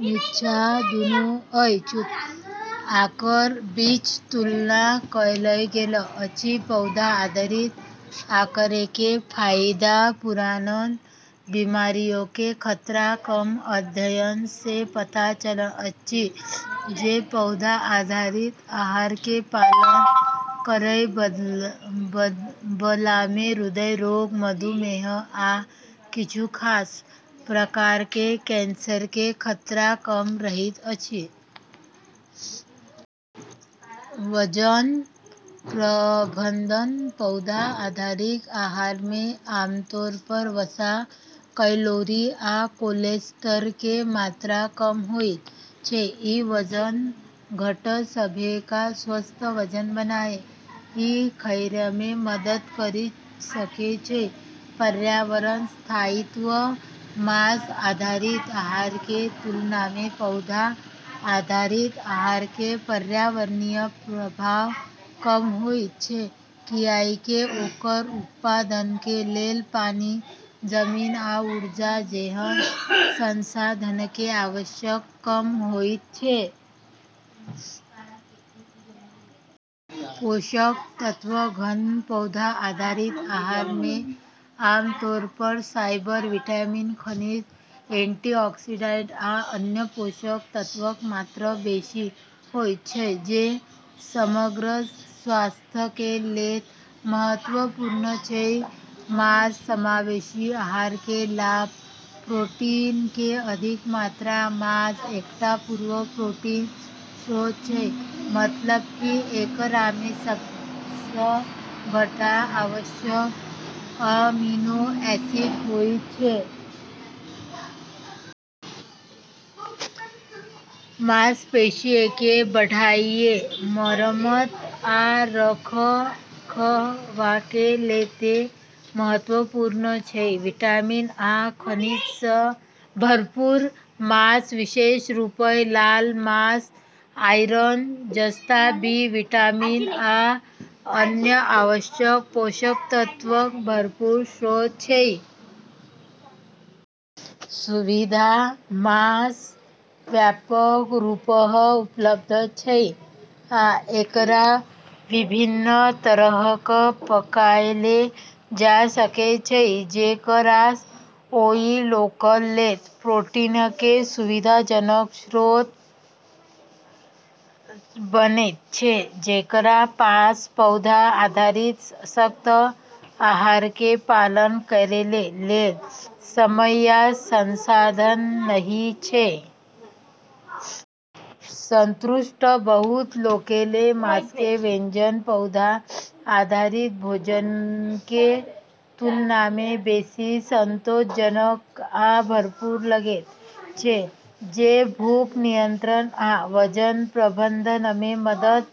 निच्चाँ दुन्नू आहारक बीच तुलना कयल गेल अछि। पौधा आधारित आहारके फाइदा: पुरान बिमारिके खतरा कम: अध्ययनसँ पता चलल अछि जे पौधा आधारित आहारके पालन करयबलामे हृदय रोग, मधुमेह, आ किछु खास प्रकारके कैंसरके खतरा कम रहैत अछि। वजन प्रबंधन: पौधा आधारित आहारमे आमतौर पर वसा, कैलोरी, आ कोलेस्ट्रॉलके मात्रा कम होइत छै। ई वजन घटबैमे या स्वस्थ वजन बनाए रखैमे मदद करि सकै छै। पर्यावरण स्थायित्व: मांस आधारित आहारके तुलनामे पौधा आधारित आहारके पर्यावरणीय प्रभाव कम होइत छै, कियाकि ओकर उत्पादनके लेल पानि, जमीन आ ऊर्जा जेहन संसाधनके आवश्यकता कम होइत छै । पोषक तत्व-घन: पौधा आधारित आहारमे आमतौर पर फाइबर, विटामिन, खनिज, एंटीऑक्सीडेंट, आ अन्य पोषक तत्वक मात्रा बेशी होइत छै जे समग्र स्वास्थ्यके लेल महत्वपूर्ण छै । मांस समावेशी आहारके लाभ: प्रोटीनके अधिक मात्रा: मांस एकटा पूर्ण प्रोटीन स्रोत छै, मतलब कि एकरामे सबटा आवश्यक अमीनो एसिड होइत छै. मांसपेशीके बढ़नाइ, मरम्मत आ रखरखावके लेल ई महत्वपूर्ण छै । विटामिन आ खनिजसँ भरपूर: मांस, विशेष रूपसँ लाल मांस, आयरन, जस्ता, बी विटामिन, आ अन्य आवश्यक पोषक तत्वक भरपूर स्रोत छै । सुविधा: मांस व्यापक रूपसँ उपलब्ध छै आ एकरा विभिन्न तरहसँ पकाएल जा सकै छै, जेकरासँ ओइ लोकक लेल प्रोटीनके सुविधाजनक स्रोत बनैत छै, जेकरा पास पौधा आधारित सख्त आहारके पालन करैके लेल समय या संसाधन नहि छै । संतुष्टि: बहुत लोकके मांसके व्यंजन पौधा आधारित भोजनके तुलनामे बेशी संतोषजनक आ भरपूर लगैत छै, जे भूख नियंत्रण आ वजन प्रबंधनमे मदद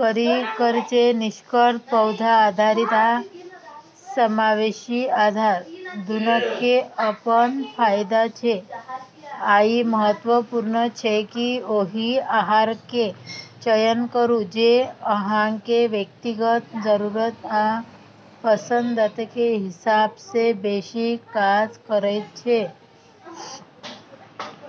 करि सकै छै । निष्कर्षतः, पौधा आधारित आ मांस-समावेशी आहार दुन्नुके अपन फाइदा छै, आ ई महत्वपूर्ण छै कि ओहि आहारके चयन करू जे अहाँके व्यक्तिगत जरूरत आ पसंदके हिसाबसँ बेशी काज करैत छै।